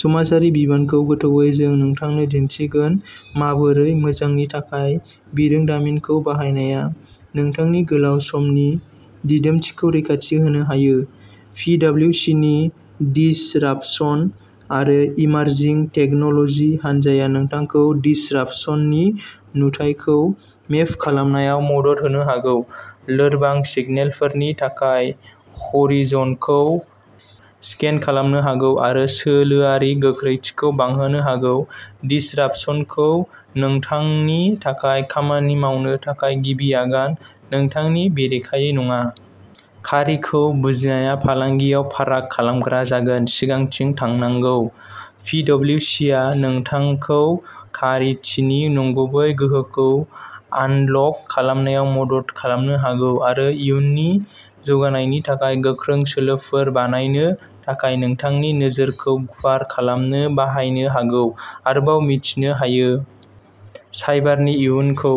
समाजआरि बिबानखौ गोथौयै जों नोंथांनो दिन्थिगोन माबोरै मोजांनि थाखाय बिरोंदामिनखौ बाहायनाया नोंथांनि गोलाव समनि दिदोमथिखौ रैखाथि होनो हायो। पिडब्लिउसिनि दिसरापसन आरो इमारजिं टेक्न'ल'जि हान्जाया नोंथांखौ दिसरापसननि नुथायखौ मेप खालामनायाव मदद होनो हागौ, लोरबां सिगनेलफोरनि थाखाय ह'रिज'नखौ स्केन खालामनो हागौ आरो सोलोआरि गोख्रैथिखौ बांहोनो हागौ दिसरापसनखौ नोंथांनि थाखाय खामानि मावनो थाखाय गिबि आगान, नोंथांनि बेरेखायै नङा। खारिखौ बुजिनाया फालांगियाव फाराग खालामग्रा जागोन, सिगांथिं थांनांगौ। पिडब्लिउसिआ नोंथांखौ खारिथिनि नंगुबै गोहोखौ आनलक खालामनायाव मदद खालामनो हागौ आरो इयुननि जौगानायनि थाखाय गोख्रों सोलोफोर बानायनो थाखाय नोंथांनि नोजोरखौ गुवार खालामनो बाहायनो हागौ। आरोबाव मिथिनो हायो। साइबारनि इयुनखौ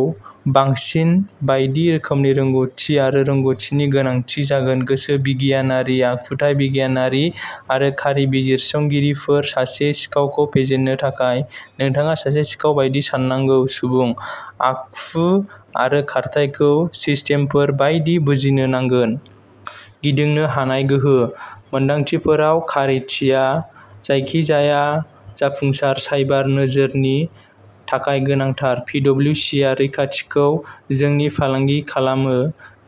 बांसिन बायदि रोखोमनि रोंग'थि आरो रोंग'थिनि गोनांथि जागोन गोसो बिगियानगिरि, आखुथाय बिगियानगिरि आरो खारि बिजिरसंगिरिफोर। सासे सिखावखौ फेजेननो थाखाय, नोंथाङा सासे सिखाव बायदि साननांगौ सुबुं, आखु आरो खारथाइखौ सिस्टेमफोर बायदि बुजिनो नांगोन। गिदिंनो हानाय गोहो। मोनदांथिफोराव खारिथिया जायखिजाया जाफुंसार साइबार नोजोरनि थाखाय गोनांथार। पिडब्लिउसिआ रैखाथिखौ जोंनि फालांगि खालामो,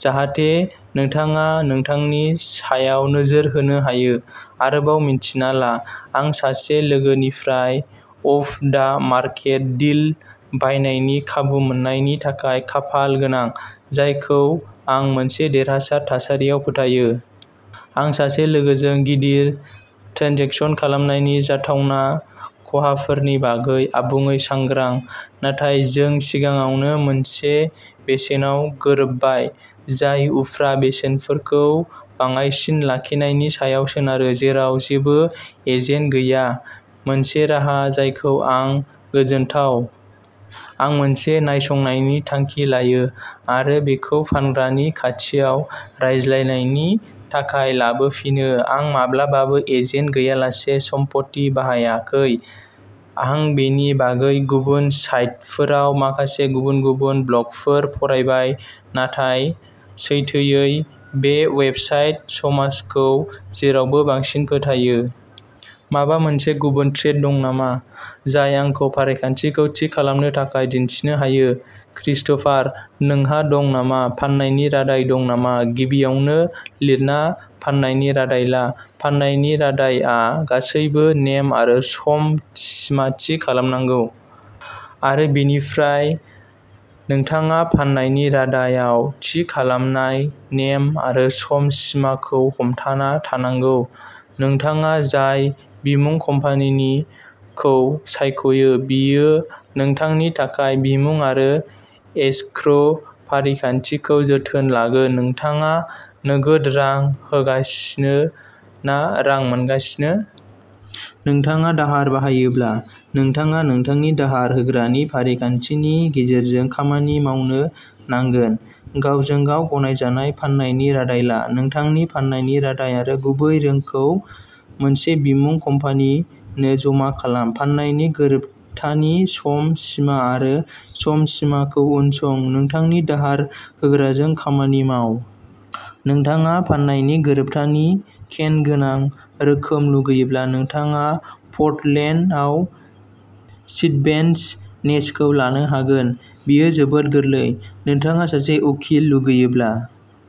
जाहाथे नोंथाङा नोंथांनि सायाव नोजोर होनो हायो। आरोबाव मिन्थिना ला। आं सासे लोगोनिफ्राय अफ दा मार्केट डिल बायनायनि खाबु मोन्नायनि थाखाय खाफाल गोनां, जायखौ आं मोनसे देरहासार थासारियाव फोथायो। आं सासे लोगोजों गिदिर ट्रेन्जेकसन खालामनायनि जाथावना खहाफोरनि बागै आबुङै सांग्रां, नाथाय जों सिगाङावनो मोनसे बेसेनाव गोरोबबाय, जाय उफ्रा बेसेनफोरखौ बाङाइसिन लाखिनायनि सायाव सोनारो, जेराव जेबो एजेन्ट गैया, मोनसे राहा जायजों आं गोजोनथाव। आं मोनसे नायसंनायनि थांखि लायो आरो बेखौ फानग्रानि खाथियाव रायज्लायनायनि थाखाय लाबोफिनो। आं माब्लाबाबो एजेन्ट गैयालासे सम्पथि बायाखै। आं बेनि बागै गुबुन साइटफोराव माखासे गुबुन गुबुन ब्लगफोर फरायबाय, नाथाय, सैथोयै बे वेबसाइट समाजखौ जेरावबो बांसिन फोथायो। माबा मोनसे गुबुन थ्रेड दं नामा, जाय आंखौ फारिखान्थिखौ थि खालामनो थाखाय दिन्थिनो हायो? क्रिस्ट'फार, नोंहा दं नामा? फान्नायनि रादाय दं नामा? गिबियावनो लिरना फान्नायनि रादाय ला। फान्नायनि रादाय आ गासैबो नेम आरो सम सिमा थि खालामनांगौ। आरो बेनिफ्राय नोंथाङा फान्नायनि रादाय आव थि खालामनाय नेम आरो सम सिमा खौ हमथाना थानांगौ। नोंथाङा जाय बिमुं कम्पानि खौ सायख'यो, बेयो नोंथांनि थाखाय बिमुं आरो एस्क्रो फारिखान्थिखौ जोथोन लागोन। नोंथाङा नोगोद रां होगासिनो ना रां मोनगासिनो? नोंथाङा दाहार बायोब्ला नोंथाङा नोंथांनि दाहार होग्रानि फारिखान्थिनि गेजेरजों खामानि मावनो नांगोन। गावजों गाव गनायजानाय फान्नायनि रादाय ला, नोंथांनि फान्नायनि रादाय आरो गुबै रांखौ मोनसे बिमुं कम्पानि नो जमा खालाम, फान्नायनि गोरोबथानि सम सिमा आरो सम सिमा खौ उनसं, नोंथांनि दाहार होग्राजों खामानि माव। नोंथाङा फान्नायनि गोरोबथानि केन गोनां रोखोम लुगैयोब्ला नोंथाङा पर्टलेन्ड आव स्टिभेन्स नेस खौ लानो हागोन। बेयो जोबोद गोरलै। नोंथाङा सासे उखिल लुगैयोब्ला।